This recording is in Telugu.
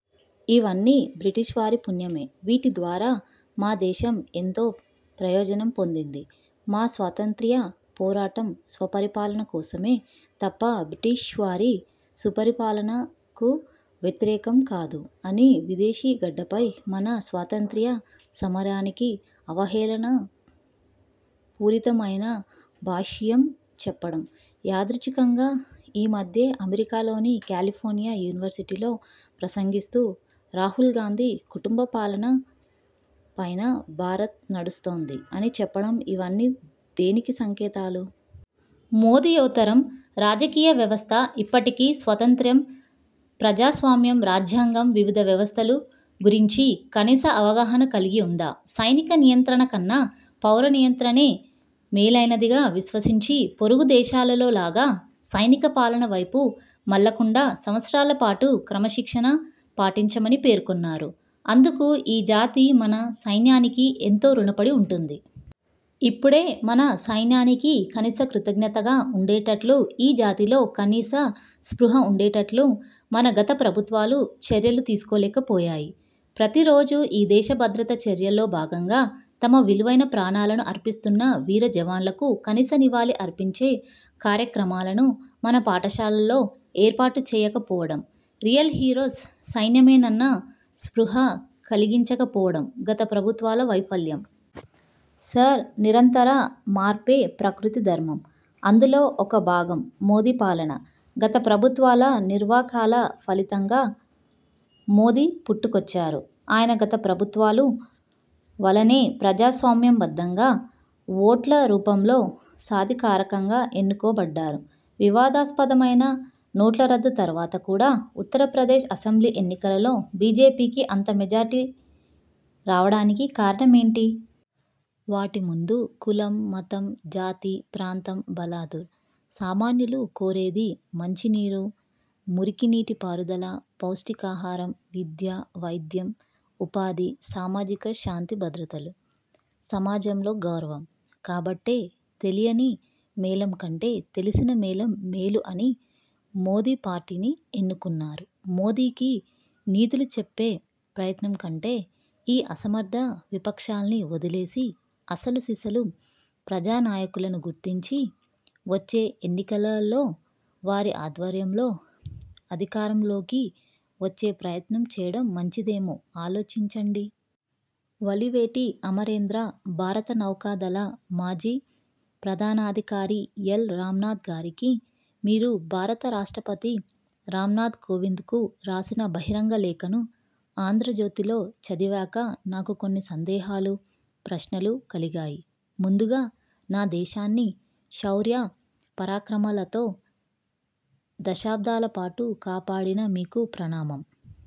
ఇవన్నీ బ్రిటిష్ వారి పుణ్యమే. వీటి ద్వారా మా దేశం ఎంతో ప్రయోజనం పొందింది. మా స్వాతంత్ర్య పోరాటం స్వపరిపాలన కోసమే తప్ప బ్రిటిష్వారి సుపరిపాలనకు వ్యతిరేకం కాదు'' అని విదేశీగడ్డపై మన స్వాతంత్ర్య సమరానికి అవహేళన పూరితమైన భాష్యం చెప్పడం, యాదృచ్ఛికంగా ఈమధ్యే అమెరికాలోని కాలిఫోర్నియా యూనివర్సిటీలో ప్రసంగిస్తూ రాహుల్ గాంధీ కుటుంబపాలన పైనే భారత్ నడుస్తోంది అని చెప్పడం ఇవన్నీ దేనికి సంకేతాలు? మోదీయేతర రాజకీయవ్యవస్థ ఇప్పటికీ స్వాతంత్య్రం, ప్రజాస్వామ్యం, రాజ్యాంగం, వివిధ వ్యవస్థలు గురించి కనీస అవగాహన కలిగి ఉందా? సైనిక నియంత్రణకన్నా పౌర నియంత్రణే మేలైనదిగా విశ్వసించి పొరుగు దేశంలోలాగా సైనిక పాలన వైపు మళ్లకుండా సంవత్సరాలపాటు క్రమశిక్షణ పాటించమని పేర్కొన్నారు. అందుకు ఈ జాతి మన సైన్యానికి ఎంతో రుణపడి ఉంటుంది. ఇప్పుడే మన సైన్యానికి కనీస కృతజ్ఞతగా ఉండేట్లు ఈ జాతిలో కనీస స్పృహ ఉండేట్లు మన గత ప్రభుత్వాలు చర్యలు తీసుకోలేకపోయాయి. ప్రతి రోజూ ఈ దేశ భద్రత చర్యల్లో భాగంగా తమ విలువైన ప్రాణాలను అర్పిస్తున్న వీర జవాన్లకు కనీస నివాళి అర్పించే కార్యక్రమాలను మన పాఠశాలల్లో ఏర్పాటు చేయకపోవడం, రియల్ హీరోస్ సైన్యమేనన్న స్పృహ కలిగించకపోవడం గత ప్రభుత్వాల వైఫల్యం. సర్, నిరంతర మార్పే ప్రకృతి ధర్మం. అందులో ఒక భాగం మోదీ పాలన. గత ప్రభుత్వాల నిర్వాకాల ఫలితంగా మోదీ పుట్టుకొచ్చారు. ఆయన గత ప్రభుత్వాలు వలెనే ప్రజాస్వామ్యబద్ధంగా ఓట్ల రూపంలో సాధికారికంగా ఎన్నుకో బడ్డారు. వివాదాస్పదమైన నోట్లరద్దు తర్వాత కూడా ఉత్తరప్రదేశ్ అసెంబ్లీ ఎన్నికలలో బీజేపీకి అంత మెజారిటీ రావడానికి కారణమేంటి? వాటి ముందు కులం, మతం, జాతి, ప్రాంతం బలాదూర్. సామాన్యులు కోరేది మంచినీరు, మురికినీటి పారుదల, పౌష్టికాహారం, విద్య, వైద్యం, ఉపాధి, సామాజిక శాంతి భద్రతలు, సమాజంలో గౌరవం. కాబట్టే తెలియని మేళం కంటే తెలిసిన మేళం మేలు అని మోదీ పార్టీని ఎన్నుకున్నారు. మోదీకి నీతులు చెప్పే ప్రయత్నం కంటే ఈ అసమర్థ విపక్షాల్ని వదిలేసి అసలు సిసలు ప్రజానాయకులను గుర్తించి వచ్చే ఎన్నికలలో వారి ఆధ్వర్యంలో అధికారంలోకి వచ్చే ప్రయత్నం చేయడం మంచిదేమో, ఆలోచించండి. వలివేటి అమరేంద్ర భారత నౌకాదళ మాజీ ప్రధానాధికారి ఎల్. రామ్దాస్ గారికి, మీరు భారత రాష్ట్రపతి రామ్నాథ్ కోవింద్కు రాసిన బహిరంగ లేఖను ఆంధ్రజ్యోతిలో చదివాక నాకు కొన్ని సందేహాలు, ప్రశ్నలు కలిగాయి. ముందుగా నా దేశాన్ని శౌర్య పరాక్రమాలతో దశాబ్దాలపాటు కాపాడిన మీకు ప్రణామం.